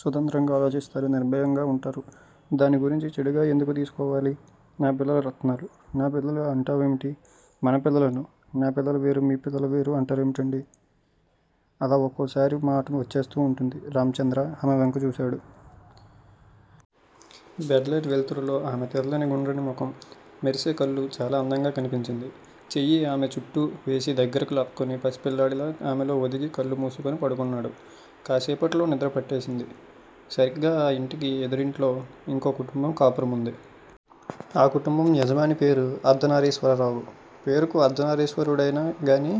స్వతంత్రంగా ఆలోచిస్తారు. నిర్భయంగా ఉంటారు. దాన్ని గురించి చెడుగా ఎందుకు తీసుకోవాలి? నా పిల్లలు రత్నాలు. నా పిల్లలు అంటావేమిటి? మన పిల్లలు అను. నా పిల్లలు వేరు మీ పిల్లలు వేరు ఉంటారేమిటండీ? అలా ఒక్కోసారి మాట వచ్చేస్తూ ఉంటుంది. రాజాచంద్ర ఆమెవంక చూశాడు. బెడ్ లైట్ వెలుతురులో ఆమె తెల్లని గుండ్రని ముఖం, మెరిసే కళ్ళు చాలా అందంగా కనిపించింది. చెయ్యి ఆమె చుట్టూ వేసి దగ్గరకు లాక్కుని పసిపిల్లాడిలా ఆమెలో ఒదిగి కళ్ళు మూసుకుని పడుకున్నాడు. కాసేపట్లో నిద్రపట్టేసింది. సరిగ్గా ఆ ఇంటికి ఎదురింట్లో ఇంకో కుటుంబం కాపురముంది. ఆ కుటుంబం యజమాని పేరు అర్ధనారిశ్వరరావు. పేరుకు అర్దానారిశ్వరుడేగాని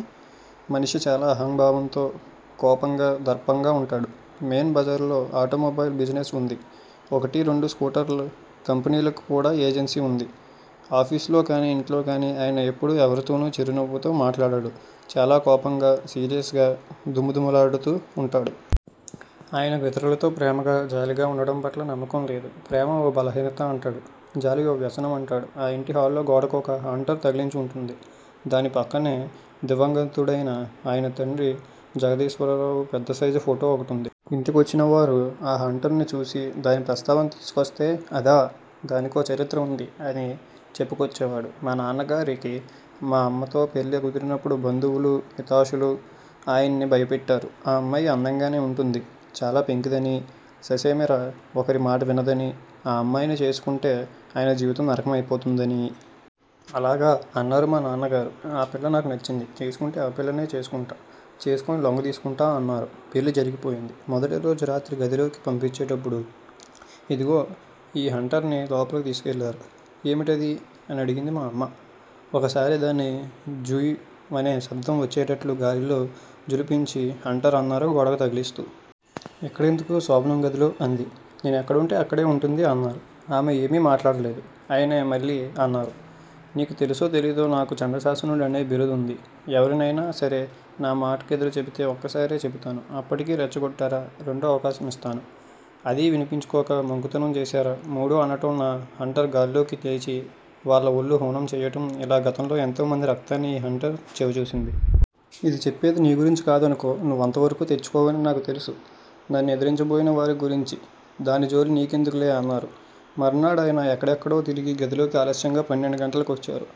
మనిషి చాలా అహంభావంతో, కోపంగా, దర్పంగా ఉంటాడు. మెయిన్ బజారులో ఆటోమొబైల్ బిజినెస్ ఉంది. ఒకటి రెండు స్కూటర్ కంపెనీలకు కూడా ఏజెన్సీ ఉంది. ఆఫీసులో కాని ఇంట్లోకాని ఆయన ఎప్పుడూ ఎవరితోనూ చిరునవ్వుతో మాట్లాడడు. చాలా కోపంగా, సీరియస్ గా, ధుమధుమలాడుతూ ఉంటాడు. ఆయనకు ఇతరులతో ప్రేమగా, జాలిగా ఉండటం పట్ల నమ్మకం లేదు. ప్రేమ ఓ బలహీనత అంటాడు. జాలి ఓ వ్యసనం అంటాడు. ఆ ఇంటి హాల్లో గోడకు ఓ హంటర్ తగిలించి ఉంటుంది. దాని పక్కనే దివంగతుడైన అయన తండ్రి జగదీశ్వరరావు పెద్దసైజు ఫోటో ఒకటుంది. ఇంటికొచ్చినవారు ఆ హంటర్ ని చూసి, దాని ప్రస్తావన తీసుకొస్తే- అదా? దానికో చరిత్ర ఉంది అని చెప్పుకొచ్చేవాడు. మా నాన్నగారికి మా అమ్మతో పెళ్ళి కుదిరినప్పుడు బంధువులూ, హితాషులూ ఆయన్ని భయపెట్టారు. ఆ అమ్మాయి అందంగానే ఉంటుంది, చాలా పెంకిదనీ, ససేమిరా ఒకరిమాట వినదనీ, ఆ అమ్మాయిని చేసుకుంటే ఆయన జీవితం నరకమైపోతుందనీ. 'అలాగా'అన్నారు మా నాన్నగారు. ఆ పిల్ల నాకు నచ్చింది. చేసుకుంటే ఆ పిల్లనే చేసుకుంటా, చేసుకుని లొంగదీసుకుంటా అన్నారు. పెళ్ళి జరిగిపోయింది. మొదటిరోజు రాత్రి గదిలోకి పంపించేటప్పుడు, ఇదిగో ఈ హంటర్ నీ లోపలకు తీసుకెళ్ళారు. 'ఏమిటది? ' అనడిగింది మా అమ్మ. ఒక్కసారి దాన్ని 'జుయ్'మనే శబ్దం వచ్చేటట్లు గాలిలో ఝుళిపించి 'హంటర్'అన్నారు గోడకు తగిలిస్తూ. 'ఇక్కడెందుకు శోభనం గదిలో' అంది. 'నేనెక్కడుంటే అక్కడ ఉంటుంది'అన్నారు. ఆమె ఏమీ మాట్లాడలేదు. ఆయనే మళ్లీ అన్నారు. నీకు తెలుసో తెలీదో నాకు చండశాసనుడనే బిరుదుంది. ఎవరైనా సరే నామాటకెదురు చెబితే ఒక్కసారే చెబుతాను. అప్పటికీ రెచ్చగొట్టారా? రెండో అవకాశమిస్తాను. అదీ వినిపించుకోక మంకుతనం చేశారా, మూడు అనటం నా హంటర్ గాల్లోకి లేచి వాళ్ళ ఒళ్ళు హూనం చెయ్యటం ఇలా గతంలో ఎంతోమంది రక్తాన్ని ఈ హంటర్ చవిజూసింది. ఇది చెప్పేది నీ గురించి కాదనుకో నువ్వంతవరకూ తెచ్చుకావని నాకు తెలుసు. నన్నెదిరించబోయిన వారి గురించి దాని జోలి నీకెందుకులే అన్నారు. మర్నాడాయన ఎక్కడెక్కడో తిరిగి గదిలోకి ఆలస్యంగా పన్నెండు గంటల కొచ్చారు.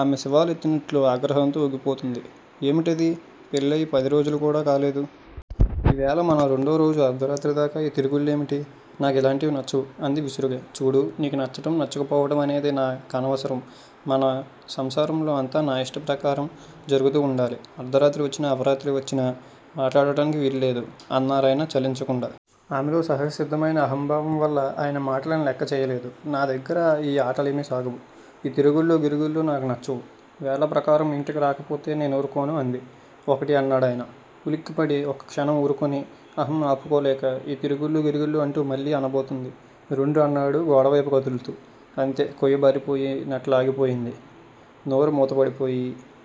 ఆమె శివాలెత్తినట్లు ఆగ్రహంతో ఊగిపోతుంది. 'ఏమిటిది? పెళ్ళయి పది రోజులయినా కాలేదు. ఇవేళ మన రెండో రోజు అర్ధరాత్రి దాకా ఈ తిరుగుళ్ళేమిటి? నా కిలాంటివి నచ్చవు' అంది విసురుగా 'చూడూ! నీకు నచ్చటం నచ్చకపోవటం అనేది నా కనవసరం మన సంసారంలో అంతా నా ఇష్ట ప్రకారం జరుగుతూ ఉండాలి. అర్దరాత్రి వచ్చినా, అపరాత్రి వచ్చినా మాట్లాడటానికి వీల్లేదు' అన్నారాయన చలించకుండా. ఆమెలో సహజసిద్దమైన అహంభావం వల్ల ఆయన మాటలని లెక్క చెయ్యలేదు నా దగ్గర ఈ ఆటలేమీ సాగవు. ఈ తిరుగుళ్ళూ, గిరుగుళ్ళూ నాకు నచ్చవు. వేళప్రకారం ఇంటికి రాకపోతే నేనూరుకోను అంది. ఒకటి అన్నాడాయన. ఉలిక్కిపడి ఒక్కక్షణం ఊరుకుని, అహం ఆపుకోలేక 'ఈ తిరుగుళ్ళూ, గిరుగుళ్ళూ అంటూ మళ్ళీ అనబోతుంది. రెండు అన్నాడు గోడవైపు కదులుతూ. అంతే, కొయ్యబారిపోయి నట్లాగిపోయింది. నోరు మూతపడిపోయి,